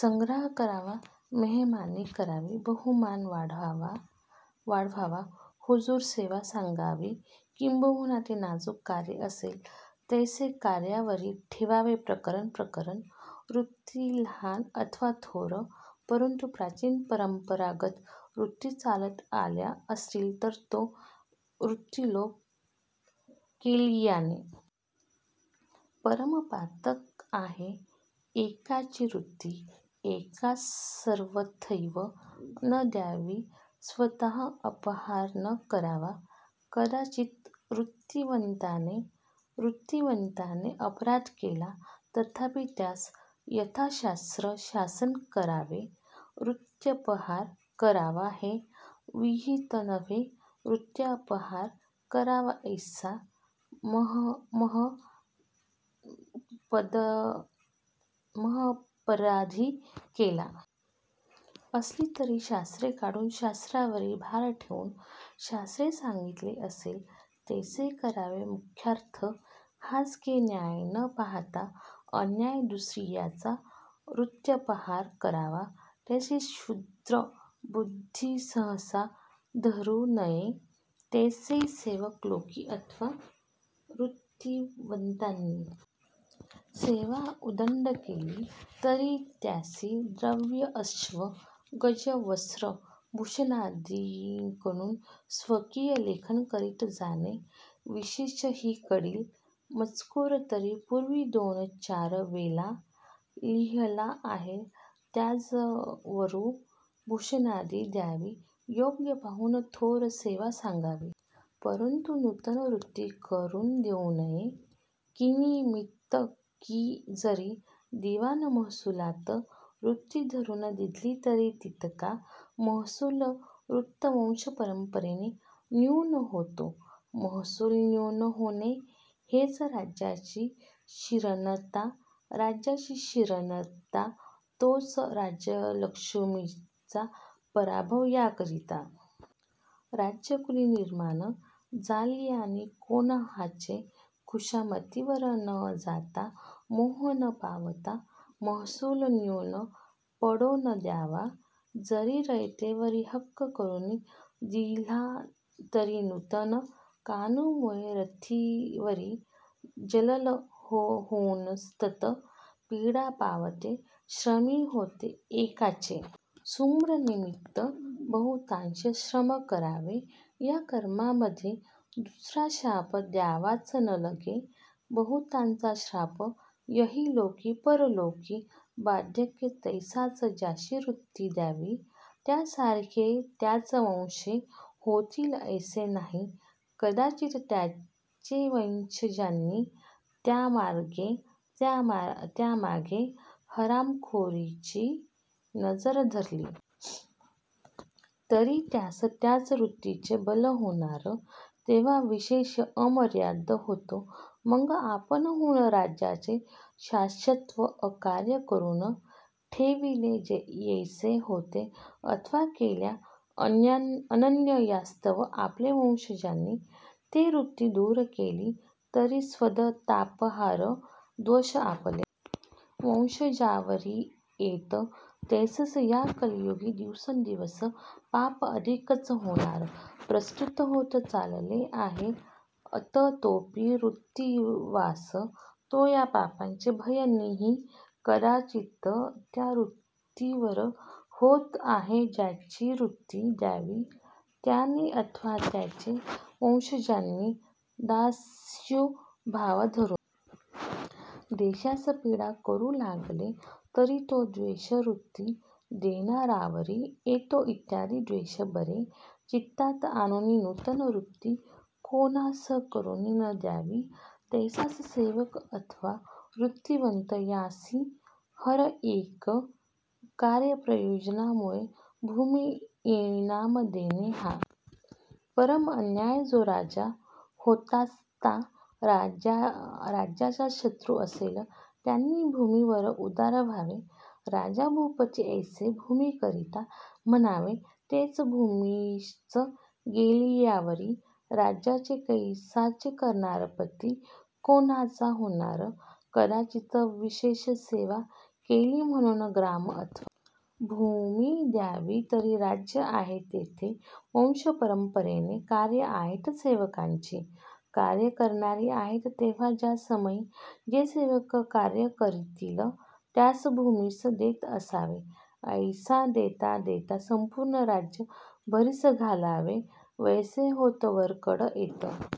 संग्रह करावा मेहमानी करावी बहुमान वाढवावा हुजूर सेवा सांगावी किंबहुना में नाजूक कार्य आसेल तैसे कार्यावरी ठेवावे प्रकरण प्रकरण वृत्ति लाहन अथवा थोर परंतु प्राचीन परंपरागत वृत्ति चालत आल्या असतील तो वृत्तिलोप केलियाने परम पातक आहे येकाची वृत्ति येकास सर्वथैव न द्यावी स्वतां अपहार न करावा कदाचित् वृत्तिवंताने वृत्तिवंताने अपराध केला तथापि त्यास यथाशास्त्र शासन करावें वृत्यपहार करावा हें विहित नव्हे वृत्यापहार करावा यैसा महदपराधहि केला असिला तरी शास्त्र काढून शास्त्रावरी भार ठेऊन शास्त्रीं सांगितलें असेल तैसें करावें मुख्यार्थ हाच कीं न्याय न पाहतां अन्याय दुसरीयाचा वृत्यपहार करावा हे क्षुद्र बुद्धि सहसा धरूं नये तैसेंच सेवक लोकीं अथवा वृत्तिवंतांनी सेवा उदंड केली तरी त्यांसी द्रव्य अश्व गज वस्त्र भूषणादि णून स्वकीय लेखन करीत जाणे विशेष हिकडील मजकूर तरी पूर्वी दोन च्यार वेला लिहिला आहे त्याजवरू भूषणादि द्यावी योग्य पाहून थोर सेवा सांगावी परंतु नूतन वृत्ति करून देऊं नये किंनीमित्त की जरी दिवाण महसुलात वृत्ति करुन दिधली तरी तितका महसूल वृत्ति वंशपरंपरेनें न्यून होतो महसूल न्यून होणे हेच राज्याची शीर्णता राज्याची शीर्णता तोच राज्यलक्ष्मीचा पराभव याकरितां राजकुलीं निर्माण जालियाने कोण्हाचे खुषामती वर न जातां मोह न पावतां महसूल न्यून पडों न द्यावा जरी रयतेवरी हक करून दिल्हा तरी नूतन कानूमुळें रथतीवरी जलल होऊन स्थत पीडा पावते श्रमी होते येकाचे सुम्रानिमित्त बहुतांस श्रम करावे या कर्मामध्यें दूसरा शाप द्यावाच नलगे बहुतांचा शाप यहलोकी परलोकीं बाधक तैसेच ज्यासी वृत्ति द्यावी त्याचसारिखे त्याचे वंशज होतील ऐसें नाही कदाचित् त्याचे वंशजांनी त्यांमागें त्यांमागें हरामखोरीची नजर धरली तरी त्यास त्याच वृत्तीचें बल होणार तेव्हां विशेष अमर्याद होतो मग आपण होऊन राज्याचे शाश्वत अकार्ये करून ठेविलें यैसें होते अथवा केल्या अन्यायास्तव आपले वंशजांनी ते वृत्ति दूर केली तरी स्वदतापहार दोष आपले वंशजांवरी येतो तैसेंच या कलयुगीं दिवसेंदिवस पाप अधिकच होणार प्रस्तुत होत चाललेंच आहे ततोपी वृत्तिवंतास तों पापाचें भयच नींही कदाचित् त्याच वृत्तीवर होत होत ज्यासी वृत्ति द्यावी त्याणे अथवा त्याचे वंशजांनी दस्युभाव धरून देशास पीडा करूं लागले तरी तो दोष वृत्ति देणारावरी येतो इत्यादि दोष बरे चित्तात आणून नूतन वृत्ति कोण्हास करून न द्यावी तैसेच सेवक आथवा वृत्तिवंत यांसी हर येक कार्यप्रयोजनामुळे भूमि इनाम देणें हा परम अन्याय जो राजा होत्साता राज्याचा शत्रु असेल त्याणी भूमीवर उदार व्हावे राजा भूपति यैसें भूमीकरितां म्हणावें ते भूमीच गेलियावरी राज्य कशाचे करणार पति कोण्हाचा होणार कदाचित् विशेष सेवा केली म्हणौन ग्राम अथवा भूमी द्यावी तरी राज्य आहे तेथे वंशपरंपरेने कार्यें आहेतच सेवकही कार्ये करणार आहेत तेव्हा ज्या समई जे सेवक कार्ये करितील त्यास भूमि देत असावे यैसे देता देता संपूर्ण राज्य भरीस घालावे वैसे होते वरकड येत